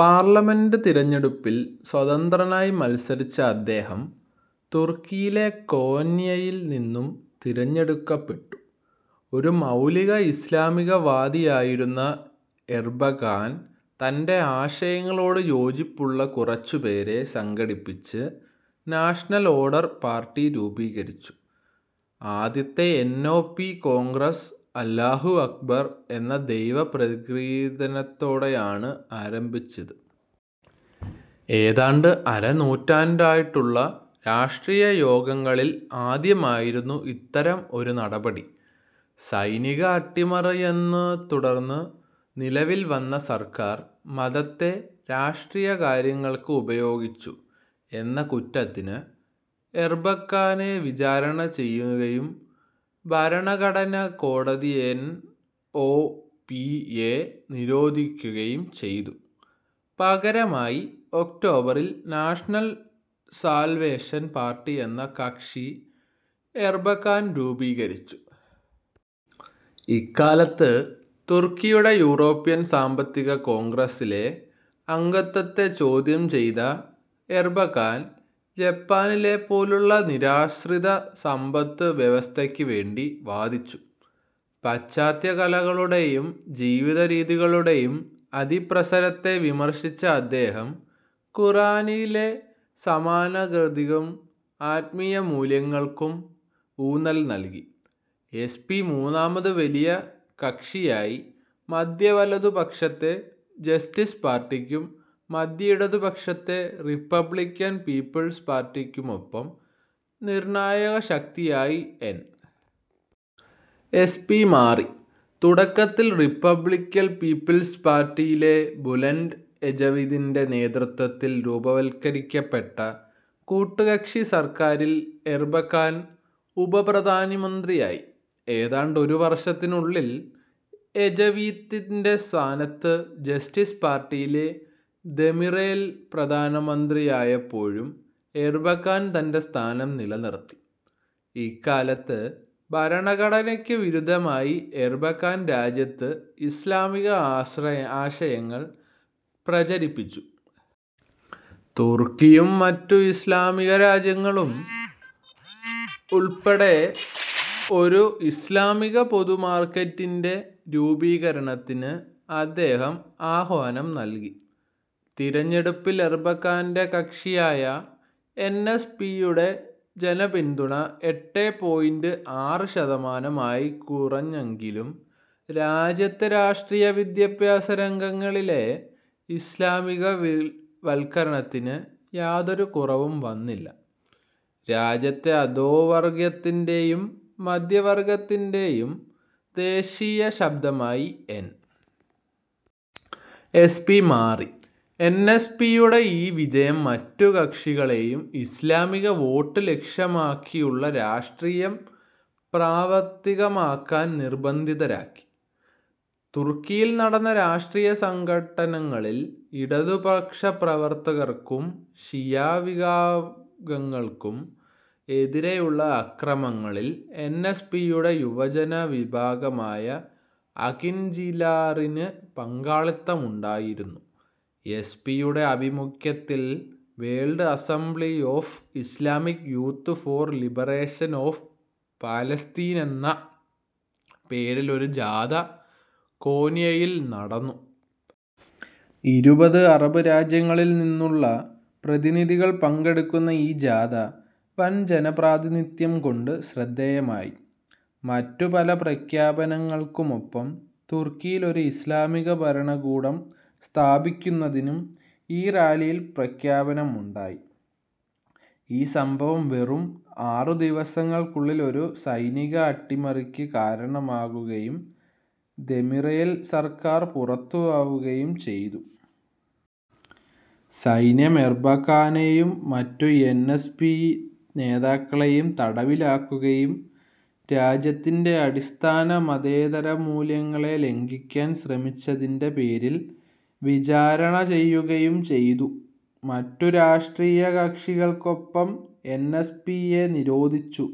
Parliament തിരഞ്ഞെടുപ്പിൽ സ്വതന്ത്രനായി മത്സരിച്ച അദ്ദേഹം, തുർക്കിയിലെ കോന്യയിൽ നിന്നും തിരഞ്ഞെടുക്കപ്പെട്ടു. ഒരു മൗലിക ഇസ്ലാമികവാദിയായിരുന്ന എർബകാൻ, തൻ്റെ ആശയങ്ങളോട് യോജിപ്പുള്ള കുറച്ചുപേരെ സംഘടിപ്പിച്ച് നാഷണൽ ഓർഡർ പാർട്ടി രൂപീകരിച്ചു. ആദ്യത്തെ എൻ. ഒ. പി. കോൺഗ്രസ്, അല്ലാഹു അക്ബർ എന്ന ദൈവ പ്രകീർത്തനത്തോടെയാണ് ആരംഭിച്ചത്. ഏതാണ്ട് അര നൂറ്റാണ്ടായിട്ടുള്ള രാഷ്ട്രീയയോഗങ്ങളിൽ ആദ്യമായിരുന്നു ഇത്തരം ഒരു നടപടി. സൈനിക അട്ടിമറിയെന്ന് നിലവിൽ വന്ന സർക്കാർ, മതത്തെ രാഷ്ട്രീയകാര്യങ്ങൾക്ക് ഉപയോഗിച്ചു എന്ന കുറ്റത്തിന്, എർബകാനെ വിചാരണ ചെയ്യുകയും ഭരണഘടനാകോടതി എൻ. ഒ. പിയെ നിരോധിക്കുകയും ചെയ്തു. പകരമായി ഒക്ടോബറിൽ നാഷണൽ സാൽവേഷൻ പാർട്ടി എന്ന കക്ഷി എർബകാൻ രൂപീകരിച്ചു. ഇക്കാലത്ത് തുർക്കിയുടെ യൂറോപ്യൻ സാമ്പത്തിക കോൺഗ്രസിലിലെ അംഗത്വത്തെ ചോദ്യം ചെയ്ത എർബകാൻ, ജപ്പാനിലെ നിരാശ്രിത സമ്പദ് വ്യവസ്ഥക്ക് വേണ്ടി വാദിച്ചു. പാശ്ചാത്യകലകളുടേയും ജീവിതരീതികളുടേയും അതിപ്രസരത്തെ വിമർശിച്ച അദ്ദേഹം ഖുർആനിലെ സാന്മാർഗികതക്കും ആത്മീയമൂല്യങ്ങൾക്കും ഊന്നൽ നൽകി. എസ്. പി. മൂന്നാമത് വലിയ കക്ഷിയായി. മദ്ധ്യവലതുപക്ഷത്തെ ജസ്റ്റിസ് പാർട്ടിക്കും മദ്ധ്യഇടതുപക്ഷത്തെ റിപ്പബ്ലിക്കൻ പീപ്പിൾസ് പാർട്ടിക്കുമൊപ്പം നിർണായകശക്തിയായി എൻ. എസ്. പി. മാറി. തുടക്കത്തിൽ റിപ്പബ്ലിക്കൻ പീപ്പിൾസ് പാർട്ടിയിലെ ബുലൻ്റ് എജവിതിൻ്റെ നേതൃത്വത്തിൽ രൂപവത്കരിക്കപ്പെട്ട കൂട്ടുകക്ഷിസർക്കാറീൽ എർബകാൻ ഉപപ്രധാനമന്ത്രിയായി. ഏതാണ്ടൊരുവർഷത്തിനുള്ളിൽ എജവിത്തിന്റെ സ്ഥാനത്ത് ജസ്റ്റിസ് പാർട്ടിയിലെ ദെമിറേൽ പ്രധാനമന്ത്രിയായപ്പോഴും എർബകാൻ തൻ്റെ സ്ഥാനം നിലനിർത്തി. ഇക്കാലത്ത്, ഭരണഘടനക്ക് വിരുദ്ധമായി എർബകാൻ രാജ്യത്ത് ഇസ്ലാമിക അശയങ്ങൾ പ്രചരിപ്പിച്ചു. തുർക്കിയും മറ്റു ഇസ്ലാമികരാജ്യങ്ങളും ഉൾപ്പെട്ട ഒരു ഇസ്ലാമിക പൊതുമാർക്കറ്റിൻ്റെ രൂപീകരണത്തിന് അദ്ദേഹം ആഹ്വാനം നൽകി. തിരഞ്ഞെടുപ്പിൽ എർബകാൻ്റെ കക്ഷിയായ എൻ. എസ്. പിയുടെ ജനപിന്തുണ എട്ടേ പോയിൻ്റ് ആറ് ശതമാനം ആയിക്കുറഞ്ഞെങ്കിലും രാജ്യത്തെ രാഷ്ട്രീയ വിദ്യാഭ്യാസരംഗങ്ങളിലെ ഇസ്ലാമികവെൽ വൽക്കരണത്തിന് യാതൊരു കുറവും വന്നില്ല. രാജ്യത്തെ അധോവർഗ്ഗത്തിൻ്റേയും മദ്ധ്യവർഗ്ഗത്തിൻ്റേയും ദേശീയശബ്ദമായി എൻ. എസ്. പി. മാറി. എൻ. എസ്. പിയുടെ ഈ വിജയം മറ്റു കക്ഷികളേയും ഇസ്ലാമികവോട്ട് ലക്ഷ്യമാക്കിയുള്ള രാഷ്ട്രീയം പ്രാവർത്തികമാക്കാൻ നിർബന്ധിതരാക്കി. തുർക്കിയിൽ നടന്ന രാഷ്ട്രീയസംഘട്ടനങ്ങളിൽ, ഇടതുപക്ഷപ്രവർത്തകർക്കും ഷിയാവികാഗങ്ങൾക്കും എതിരെയുള്ള അക്രമങ്ങളിൽ എൻ. എസ്. പിയുടെ യുവജനവിഭാഗമായ അകിൻജിലാറിന് പങ്കാളിത്തമുണ്ടായിരുന്നു. എസ്. പിയുടെ ആഭിമുഖ്യത്തിൽ World Assembly of Islamic Youth for Liberation of Palestine എന്ന പേരിൽ ഒരു ജാഥ കോന്യയിൽ നടന്നു. ഇരുപത് അറബ് രാജ്യങ്ങളിൽ നിന്നുള്ള പ്രതിനിധികൾ പങ്കെടുക്കുന്ന ഈ ജാഥ, വൻ ജനപ്രാതിനിധ്യം കൊണ്ട് ശ്രദ്ധേയമായി. മറ്റു പല പ്രഖ്യാപനങ്ങൾക്കുമൊപ്പം, തുർക്കിയിൽ ഒരു ഇസ്ലാമികഭരണകൂടം സ്ഥാപിക്കുന്നതിനും ഈ റാലിയിൽ പ്രഖ്യാപനമുണ്ടായി. ഈ സംഭവം വെറും ആറു ദിവസങ്ങൾക്കുള്ളിൽ ഒരു സൈനിക അട്ടിമറിക്ക് കാരണമാകുകയും ദെമിറേൽ സർക്കാർ പുറത്താവുകയും ചെയ്തു. സൈന്യം എർബക്കാനേയും മറ്റു എൻ. എസ്. പി. നേതാക്കളേയും തടവിലാക്കുകയും രാജ്യത്തിൻ്റെ അടിസ്ഥാന മതേതരമൂല്യങ്ങളെ ലംഘിക്കാൻ ശ്രമിച്ചെന്നതിൻ്റെ പേരിൽ വിചാരണ ചെയ്യുകയും ചെയ്തു. മറ്റു രാഷ്ട്രീയകക്ഷികൾക്കൊപ്പം എൻ. എസ്. പിയെ നിരോധിച്ചു.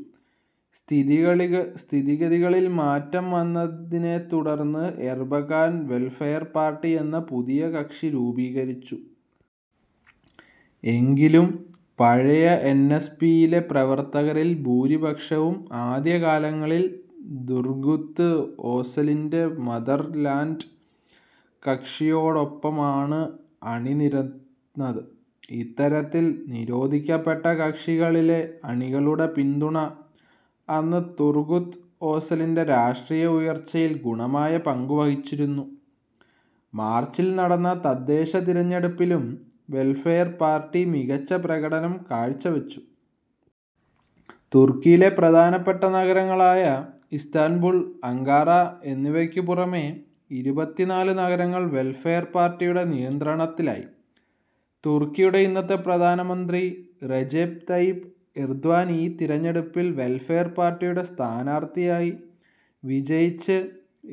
സ്ഥിതിഗളികൾ സ്ഥിതിഗതികളിൽ മാറ്റം വന്നതിനെത്തുടർന്ന് എർബകാൻ വെൽഫെയർ പാർട്ടി എന്ന പുതിയ കക്ഷി രൂപീകരിച്ചു. എങ്കിലും പഴയ എൻ. എസ്. പിയിലെ പ്രവർത്തകരിൽ ഭൂരിപക്ഷവും, ആദ്യകാലങ്ങളിൽ തുർഗുത് ഓസലിൻ്റെ മദർലാൻഡ് കക്ഷിയോടൊപ്പമാണ് അണിനിരന്നത്. ഇത്തരത്തിൽ നിരോധിക്കപ്പെട്ട കക്ഷികളിലെ അണികളുടെ പിന്തുണ, അന്ന് തുർഗുത് ഓസലിൻ്റെ രാഷ്ട്രീയ ഉയർച്ചയിൽ ഗണമായ പങ്കുവഹിച്ചിരുന്നു. മാർച്ചിൽ നടന്ന തദ്ദേശതിരഞ്ഞെടുപ്പിലും വെൽഫെയർ പാർട്ടി മികച്ചപ്രകടനം കാഴ്ച വച്ചു. തുർക്കിയിലെ പ്രധാനപ്പെട്ട നഗരങ്ങളായ ഇസ്താംബൂൾ, അങ്കാറ എന്നിവക്കു പുറമേ ഇരുപത്തിനാല് നഗരങ്ങൾ വെൽഫെയർ പാർട്ടിയുടെ നിയന്ത്രണത്തിലായി. തുർക്കിയുടെ ഇന്നത്തെ പ്രധാനമന്ത്രി, റെജെപ് തയിപ് എർദ്വാൻ, ഈ തിരഞ്ഞെടുപ്പിൽ വെൽഫെയർ പാർട്ടിയുടെ സ്ഥാനാർത്ഥിയായി വിജയിച്ച്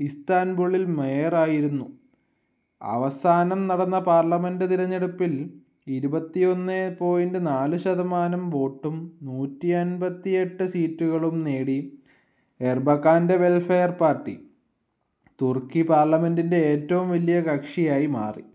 ഇസ്താംബൂളിൽ മേയറായിരുന്നു. അവസാനം നടന്ന പാർലമെൻ്റ് തിരഞ്ഞെടുപ്പിൽ ഇരുപത്തി ഒന്നേ പോയിൻ്റ് നാല് ശതമാനം വോട്ടും, നൂറ്റി അൻപത്തി എട്ട് സീറ്റുകളും നേടി, എർബകാൻ്റെ വെൽഫെയർ പാർട്ടി, തുർക്കി പാർലമെൻ്റിന്റെ ഏറ്റവും വലിയ കക്ഷിയായി മാറി.